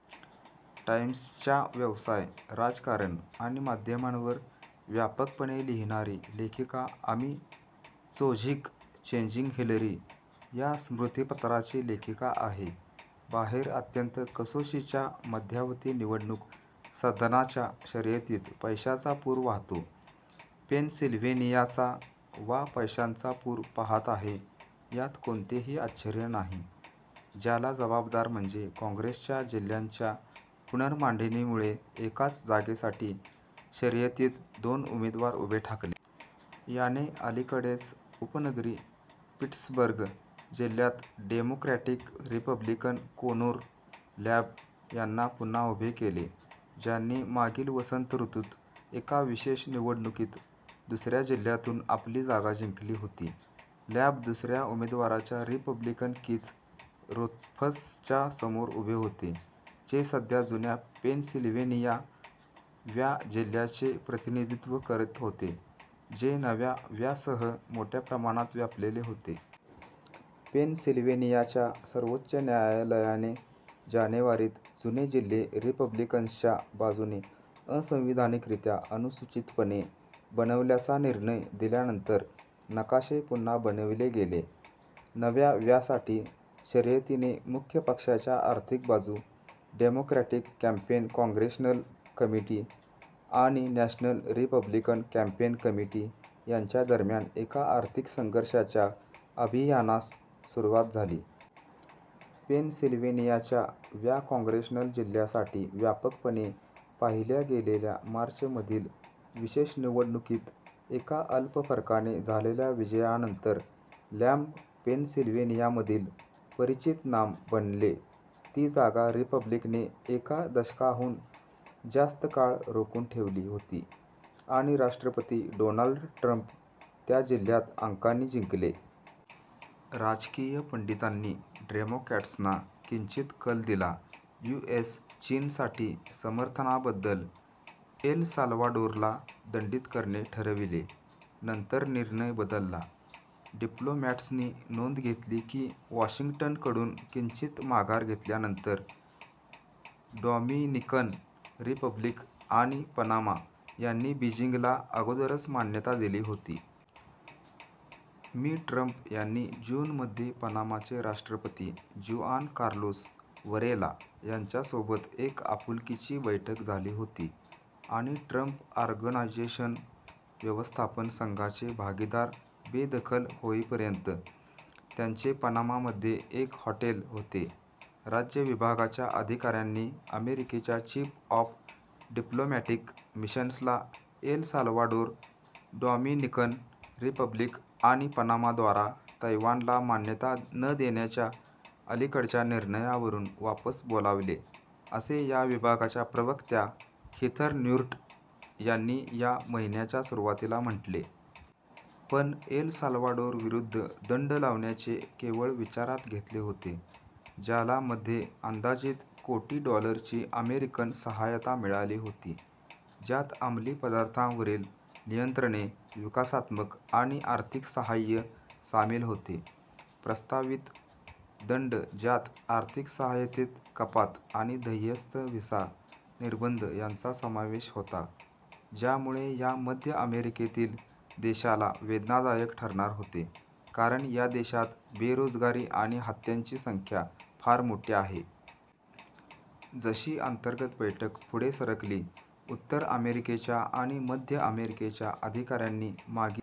" टाइम्सच्या व्यवसाय, राजकारण आणि माध्यमांवर व्यापकपणे लिहिणारी लेखिका, अमी चोझिक "चेजिंग हिलरी" या स्मृतिपत्राची लेखिका आहे. बाहेर अत्यंत कसोशीच्या मध्यावधी निवडणूक सदनाच्या शर्यतीत पैशाचा पूर वाहतो. पेनसिल्व्हेनियाचा वा पैशांचा पूर पहात आहे यात कोणतेही आश्चर्य नाही, ज्याला जबाबदार म्हणजे काँग्रेसच्या जिल्ह्यांच्या पुनर्मांडणीमुळे एकाच जागेसाठी शर्यतीत दोन उमेदवार उभे ठाकले. याने अलीकडेच उपनगरी पिट्सबर्ग जिल्ह्यात डेमोक्रॅटिक रिपब्लिकन कोनोर लँब यांना पुन्हा उभे केले – ज्यांनी मागील वसंत ऋतूत एका विशेष निवडणुकीत दुसऱ्या जिल्ह्यातून आपली जागा जिंकली होती. लँब दुसऱ्या उमेदवाराच्या, रिपब्लिकन कीथ रोथफसच्या समोर उभे होते, जे सध्या जुन्या पेनसिल्व्हेनिया व्या जिल्ह्याचे प्रतिनिधित्व करीत होते, जे नव्या व्यासह मोठ्या प्रमाणात व्यापलेले होते. पेनसिल्व्हेनियाच्या सर्वोच्च न्यायालयाने जानेवारीत जुने जिल्हे रिपब्लिकन्सच्या बाजूने असंविधानिकरीत्या अनुचितपणे बनवल्याचा निर्णय दिल्यानंतर, नकाशे पुन्हा बनविले गेले. नव्या व्या साठी शर्यतीने मुख्य पक्षाच्या आर्थिक बाजू, डेमोक्रॅटिक कॅम्पेन काँग्रेशनल कमिटी आणि नॅशनल रिपब्लिकन कॅम्पेन कमिटी यांच्या दरम्यान एका आर्थिक संघर्षाच्या अभियानास सुरवात झाली. पेनसिल्व्हेनियाच्या व्या काँग्रेशनल जिल्ह्यासाठी व्यापकपणे पाहिल्या गेलेल्या मार्चमधील विशेष निवडणुकीत एका अल्प फरकाने झालेल्या विजयानंतर लँब पेनसिल्व्हेनियामधील परिचित नाम बनले. ती जागा रिपब्लिकनने एका दशकाहून जास्त काळ रोखून ठेवली होती, आणि राष्ट्रपती डोनाल्ड ट्रम्प त्या जिल्ह्यात अंकांनी जिंकले. राजकीय पंडितांनी डेमोक्रॅट्सना किंचित कल दिला. यु. एस. चीनसाठी समर्थनाबद्द्दल एल साल्वाडोरला दंडित करणे ठरविले, नंतर निर्णय बदलला डिप्लोमॅट्सनी नोंद घेतली की वाशिंग्टनकडून किंचित माघार घेतल्यानंतर, डॉमिनिकन रिपब्लिक आणि पनामा यांनी बीजिंगला अगोदरच मान्यता दिली होती. मि. ट्रम्प यांची जून मध्ये पनामाचे राष्ट्रपती जुआन कार्लोस वरेला यांच्यासोबत एक आपुलकीची बैठक झाली होती आणि ट्रम्प ऑर्गनायझेशन व्यवस्थापन संघाचे भागीदार बेदखल होईपर्यंत, त्यांचे पनामामध्ये एक हॉटेल होते. राज्य विभागाच्या अधिकाऱ्यांनी अमेरिकेच्या चीफ ऑफ डिप्लोमॅटिक मिशन्सला एल साल्व्हाडोर, डॉमिनिकन रिपब्लिक आणि पनामाद्वारा "तैवानला मान्यता न देण्याच्या अलीकडच्या निर्णयावरून" वापस बोलाविले, असे या विभागाच्या प्रवक्त्या हिथर न्युर्ट यांनी या महिन्याच्या सुरुवातीला म्हटले. पण एल साल्वाडोरविरुद्ध दंड लावण्याचे केवळ विचारात घेतले होते, ज्याला मध्ये अंदाजित कोटी डॉलरची अमेरिकन सहायता मिळाली होती, ज्यात अमलीपदार्थांवरील नियंत्रणे, विकासात्मक आणि आर्थिक साहाय्य सामील होते. प्रस्तावित दंड, ज्यात आर्थिक सहायतेत कपात आणि ध्येयस्थ व्हिसा निर्बंध यांचा समावेश होता, ज्यामुळे या मध्य अमेरिकेतील देशाला वेदनादायक ठरणार होते कारण या देशात बेरोजगारी आणि हत्यांची संख्या फार मोठी आहे. जशी अंतर्गत बैठक पुढे सरकली, उत्तर अमेरिकेच्या आणि मध्य अमेरिकेच्या अधिकाऱ्यांनी मागील